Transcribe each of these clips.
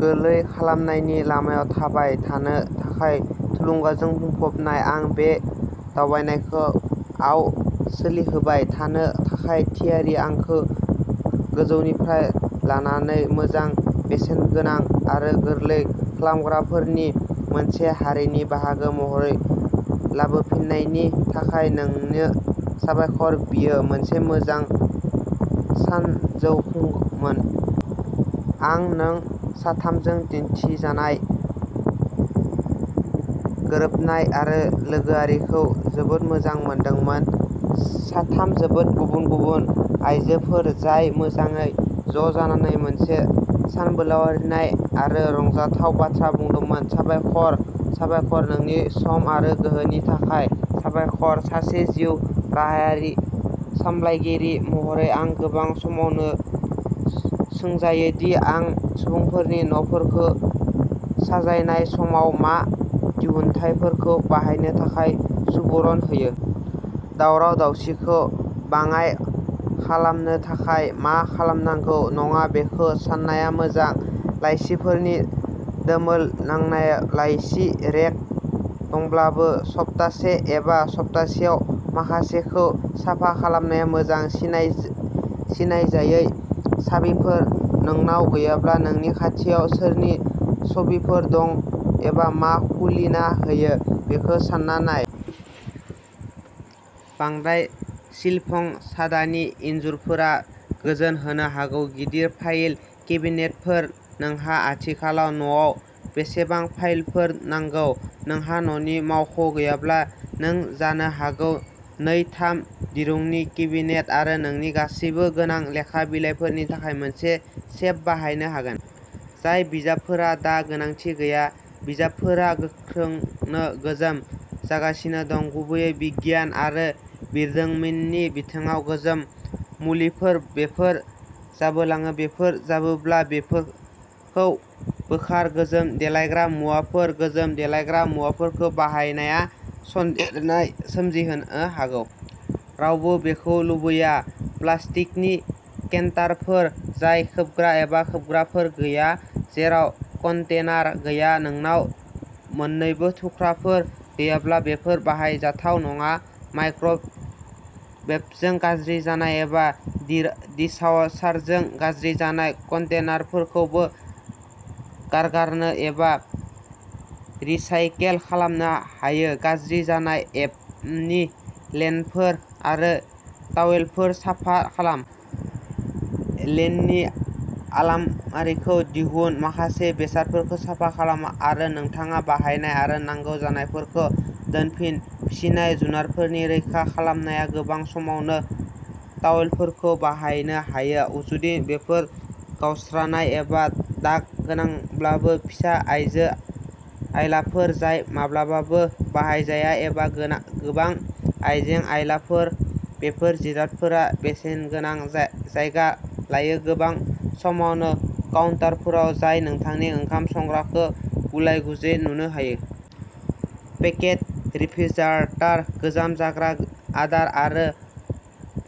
गोरलै खालामनायनि लामायाव थाबाय थानो थाखाय थुलुंगाजों बुंफबनाय। आं बे दावबायनायखौ आव सोलिहोबाय थानो थाखाय थियारि। आंखौ गोजौनिफ्राय लानानै मोजां, बेसेनगोनां आरो गोरलै खालामग्राफोरनि मोनसे हारिनि बाहागो महरै लाबोफिन्नायनि थाखाय नोंनो साबायखर। बेयो मोनसे मोजां सानजौफुमोन। आं नों साथामजों दिन्थिजानाय गोरोबनाय आरो लोगोआरिखौ जोबोद मोजां मोनदोंमोन। साथाम जोबोद गुबुन-गुबुन आयजोफोर जाय मोजाङै ज' जानानै मोनसे सानबोलावरिनाय आरो रंजाथाव बाथ्रा बुंदोंमोन। साबायखर, साबायखर, नोंनि सम आरो गोहोनि थाखाय साबायखर। सासे जिउ राहायारि सामलायगिरि महरै, आं गोबां समावनो सोंजायो दि आं सुबुंफोरनि न'फोरखौ साजायनाय समाव मा दिहुनथायफोरखौ बाहायनो थाखाय सुबुरुन होयो। दावराव-दावसिखौ बाङाइ खालामनो थाखाय मा खालामनांगौ नङा बेखौ साननाया मोजां। लाइसिफोरनि दोमोल नांनाय लाइसि रेक दंब्लाबो, सप्तासे एबा सप्तासेयाव माखासेखौ साफा खालामनाया मोजां। सिनायजायै साबिफोर नोंनाव गैयाब्ला। नोंनि खाथियाव सोरनि सबिफोर दं एबा मा खुलिना होयो, बेखौ सानना नाय। बांद्राय सिलपं-सादानि इनजुरफोरा गोजोन होनो हागौ। गिदिर फाइल केबिनेटफोर नोंहा आथिखालाव न'आव बेसेबां फाइलफोर नांगौ? नोंहा न'नि मावख' गैयाब्ला, नों जानो हागौ नै-थाम दिरुंनि केबिनेट आरो नोंनि गासिबो गोनां लेखा बिलाइफोरनि थाखाय मोनसे सेफ बाहायनो हागोन। जाय बिजाबफोरा दा गोनांथि गैया बिजाबफोरा गोख्रोंनो गोजाम जागासिनो दं, गुबैयै बिगियान आरो बिरदोंमिननि बिथिङाव। गोजाम मुलिफोर बेफोर जाबोलाङो। बेफोर जाबोब्ला बेफोरखौ बोखार। गोजाम देलायग्रा मुवाफोर गोजाम देलायग्रा मुवाफोरखौ बाहायनाया सन्देरनाय सोमजिहोनो हागौ। रावबो बेखौ लुबैया। प्लास्टिकनि केन्टारफोर जाय खोबग्रा एबा खोबग्राफोर गैया जेराव कन्टेनार गैया-नोंनाव मोन्नैबो थुख्राफोर गैयाब्ला, बेफोर बाहायजाथाव नङा। माइक्र'वेभजों गाज्रि जानाय एबा डिशवाशारजों गाज्रि जानाय कन्टेनारफोरखौबो गारगारनो एबा रिसाइकेल खालामनो हायो। गाज्रि जानाय एबनि लिनेनफोर आरो तावेलफोर साफा खालाम। लिननि आलामारिखौ दिहुन, माखासे बेसादफोरखौ साफा खालाम आरो नोंथाङा बाहायनाय आरो नांगौ जानायफोरखौ दोनफिन। फिसिनाय जुनारफोरनि रैखा खालामनाया गोबां समावनो टावेलफोरखौ बाहायनो हायो, जुदि बेफोर गावस्रानाय एबा दाग गोनांब्लाबो। फिसा आइजो आइलाफोर जाय माब्लाबाबो बाहायजाया एबा गोबां आइजें आइलाफोर बेफोर जिरादफोरा बेसेनगोनां जायगा लायो, गोबां समावनो काउन्टारफोराव जाय नोंथांनि ओंखाम संग्राखौ गुलाय-गुजाय नुनो हायो। पेक्ड रेफ्रिजारटार गोजाम जाग्रा आदार आरो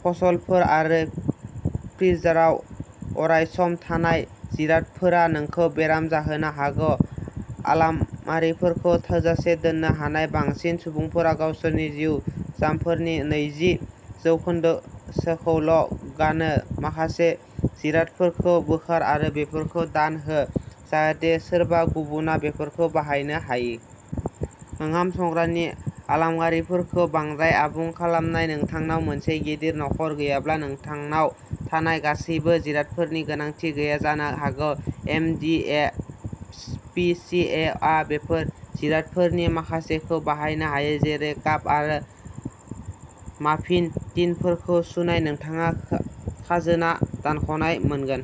पसलफोर आरो फ्रिजाराव अरायसम थानाय जिरादफोरा नोंखौ बेराम जाहोनो हागौ। आलामारिफोरखौ थोजासे दोन्नो हानाय बांसिन सुबुंफोरा गावसोरनि जिउ-जामफोरनि नैजि जौखोन्दोसोखौल' गानो। माखासे जिरादफोरखौ बोखार आरो बेफोरखौ दान हो जाहाथे सोरबा गुबुनआ बेफोरखौ बाहायनो हायो। ओंखाम संग्रानि आलमारिफोरखौ बांद्राय आबुं खालामनाय नोंथांनाव मोनसे गिदिर नखर गैयाब्ला, नोंथांनाव थानाय गासिबो जिरादफोरनि गोनांथि गैया जानो हागौ। M D S P C A आ बैफोर जिरादफोरनि माखासेखौ बाहायनो हायो, जेरै काप आरो माफिन टिनफोरखौ सुनाय। नोंथाङा खाजोना दानख'नाय मोनगोन।